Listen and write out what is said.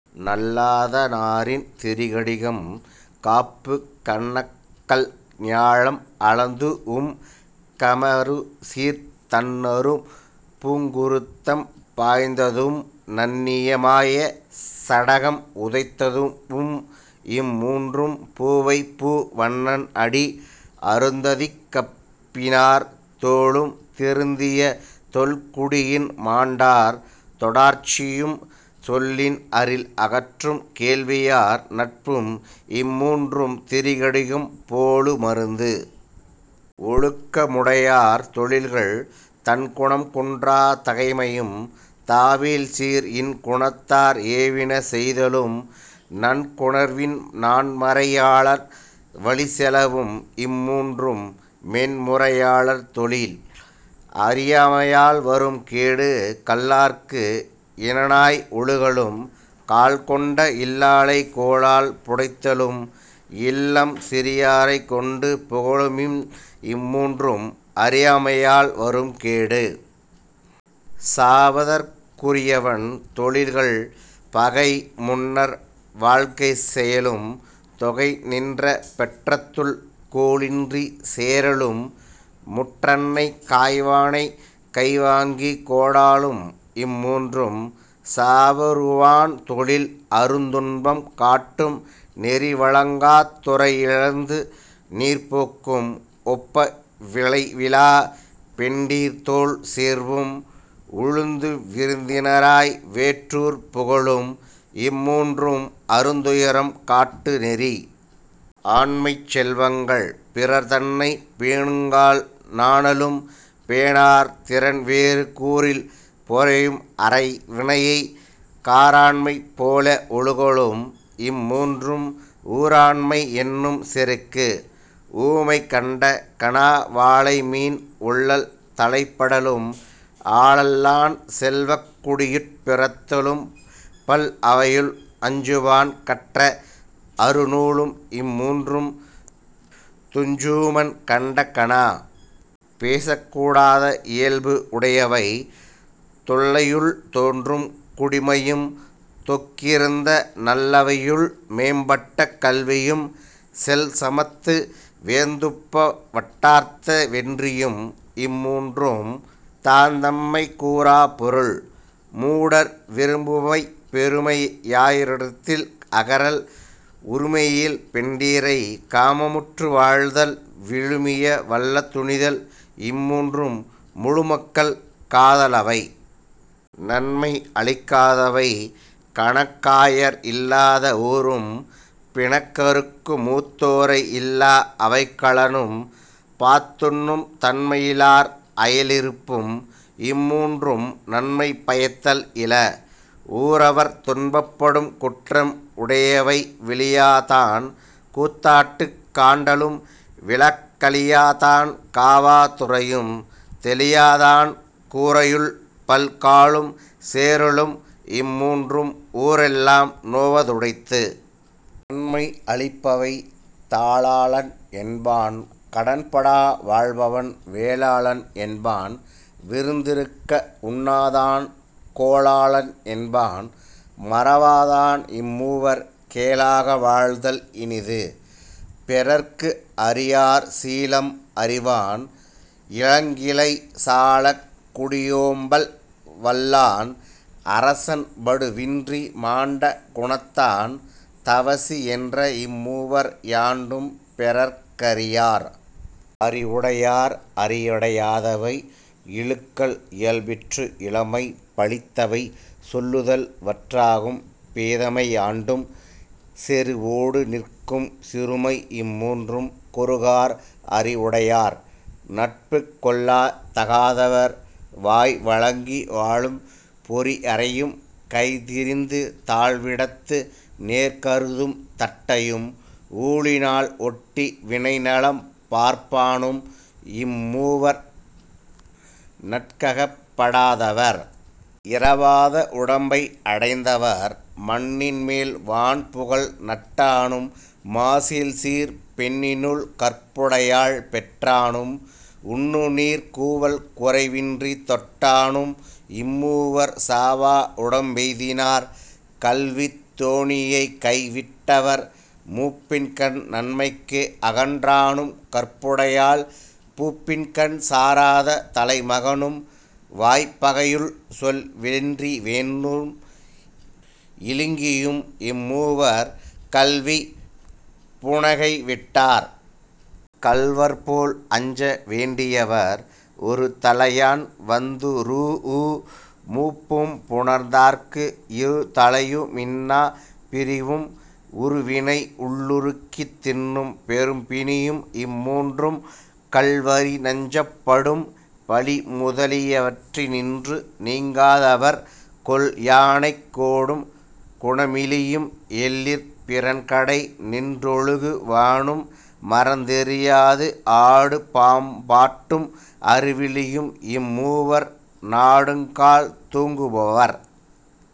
நல்லாதனாரின் திரிகடுகம் காப்பு கண்ணகல் ஞாலம் அளந்துதூஉம் காமருசீர்த் தண்ணறும் பூங்குருந்தம் பாய்த்ததூஉம் நண்ணிய மாயச் சகடம் உதைத்தூஉம் இம்மூன்றும் பூவைப்பூ வண்ணன் அடி. அருந்ததிக் கற்பினார் தோளும் திருந்திய தொல்குடியின் மாண்டார் தெடார்ச்சியும் சொல்லின் அரில்அகற்றும் கேள்வியார் நட்பும் இம்மூன்றும் திரிகடுகம் போலு மருந்து.. ஒழுக்கமுடையார் தொழில்கள் தன்குணம் குன்றாத் தகைமையும் தாவில்சீர் இன்குணத்தார் ஏவினசெய்தலும் நன்குணர்வின் நான்மறை யாளர் வழிச்செலவும் இம்மூன்றும் மென்முறை யாளர் தொழில்.. அறியாமையால் வரும் கேடு கல்லார்க்கு இனனாய் ஒழுகலும் காழ்கொண்ட இல்லாளைக் கோலால் புடைத்தலும் இல்லம் சிறியாரைக் கொண்டு புகலுமிம் மூன்றும் அறியாமை யால்வரும் கேடு.. சாவதற்குரியவன் தொழில்கள் பகைமுன்னர் வாழ்க்கை செயலும் தொகைநின்ற பெற்றத்துள் கோலின்றிச் சேறலும் முற்றன்னைக் காய்வானைக் கைவாங்கிக் கோடலும் இம்மூன்றும் சாவ வுறுவான் தொழில்.. அருந்துன்பம் காட்டும் நெறி வழங்காத் துறையிழிந்து நீர்ப்போக்கும் ஒப்ப விழைவிலாப் பெண்டீர்த்தோள் சேர்வும் உழந்து விருந்தினனாய் வேற்றூர் புகலும் இம்மூன்றும் அருந்துயரம் காட்டு நெறி.. ஆண்மைச் செல்வங்கள் பிறர்தன்னைப் பேணுங்கால் நாணலும் பேணார் திறன்வேறு கூறில் பொறையும் அறவினையைக் காராண்மை போல ஒழுகலும் இம்மூன்றும் ஊராண்மை யென்னும் செருக்கு.. ஊமை கண்ட கனா வாளைமீன் உள்ளல் தலைப்படலும் ஆளல்லான் செல்வக் குடியுட் பிறத்தலும் பல்அவையுள் அஞ்சுவான் கற்ற அருநூலும் இம்மூன்றும் துஞ்சூமன் கண்ட கனா.. பேசக்கூடாத இயல்பு உடையவை தொல்லவையுள் தோன்றும் குடிமையும் தொக்கிருந்த நல்லவையுள் மேம்பட்ட கல்வியும் வெல்சமத்து வேந்துவப்ப வட்டார்த்த வென்றியும் இம்மூன்றும் தாந்தம்மைக் கூறாப் பொருள்.. மூடர் விரும்புபவை பெருமை யுடையா ரினத்தின் அகறல் உரிமையில் பெண்டிரைக் காமுற்று வாழ்தல் விழுமிய வல்ல துணிதல் இம்மூன்றும் முழுமக்கள் காத லவை.. நன்மை அளிக்காதவை கணக்காயர் இல்லாத ஊரும் பிணக்கறுக்கும் மூத்தோரை இல்லா அவைக்களனும் பாத்துண்ணும் தன்மையி லாளர் அயலிருப்பும் இம்முன்றும் நன்மை பயத்தல் இல.. ஊரவர் துன்பப்படும் குற்றம் உடையவை விளியாதான் கூத்தாட்டுக் காண்டலும் வீழக் களியாதான் காவா துரையும் தெளியாதான் கூரையுள் பல்காலும் சேறலும் இம்மூன்றும் ஊரெல்லாம் நோவ துடைத்து.. நன்மை அளிப்பவை தாளாளன் என்பான் கடன்படா வாழ்பவன் வேளாளன் என்பான் விருந்திருக்க உண்ணாதான் கோளாளன் என்பான் மறவாதான் இம்மூவர் கேளாக வாழ்தல் இனிது.. பெறற்கு அரியார் சீலம் அறிவான் இளங்கிளை சாலக் குடியோம்பல் வல்லான் அரசன் வடுவின்றி மாண்ட குணத்தான் தவசியென்ற இம்மூவர் யாண்டும் பெறற்கரி யார்.. அறிவுடையார் அடையாதவை இழுக்கல் இயல்பிற்று இளமை பழித்தவை சொல்லுதல் வற்றாகும் பேதைமை யாண்டும் செறுவொடு நிற்கும் சிறுமைஇம் மூன்றும் குறுகார் அறிவுடை யார்.. நட்புக் கொள்ளத் தகாதவர். பொய்வழங்கி வாழும் பொறியறையும் கைதிரிந்து தாழ்விடத்து நேர்கருதும் தட்டையும் ஊழினால் ஒட்டி வினைநலம் பார்ப்பானும் இம்மூவர் நட்கப் படாஅ தவர்.. இறவாத உடம்பை அடைந்தவர் மண்ணின்மேல் வான்புகழ் நட்டானும் மாசில்சீர்ப் பெண்ணினுள் கற்புடையாள் பெற்றானும் உண்ணுநீர் கூவல் குறைவின்றித் தொட்டானும் இம்மூவர் சாவா உடம்பெய்தி னார்.. கல்வித் தோணியைக் கைவிட்டவர் மூப்பின்கண் நன்மைக்கு அகன்றானும் கற்புடையாள் பூப்பின்கண் சாராத தலைமகனும் வாய்ப்பகையுள் சொல்வென்றி வேண்டும் இலிங்கியும் இம்மூவர் கல்விப் புணைகைவிட் டார்.. கள்வர் போல் அஞ்ச வேண்டியவர் ஒருதலையான் வந்துறூஉ மூப்பும் புணர்ந்தார்க்கு இருதலையு மின்னாப் பிரிவும் உருவினை உள்ளுருக்கித் தின்னும் பெரும்பிணியும் இம்மூன்றும் கள்வரி னஞ்சப் படும்.. பழி முதலியவற்றினின்று நீங்காதவர் கொல்யானைக் கோடும் குணமிலியும் எல்லிற் பிறன்கடை நின்றொழுகு வானும் மறந்தெரியாது ஆடும்பாம் பாட்டும் அறிவிலியும் இம்மூவர் நாடுங்கால் தூங்கு பவர்..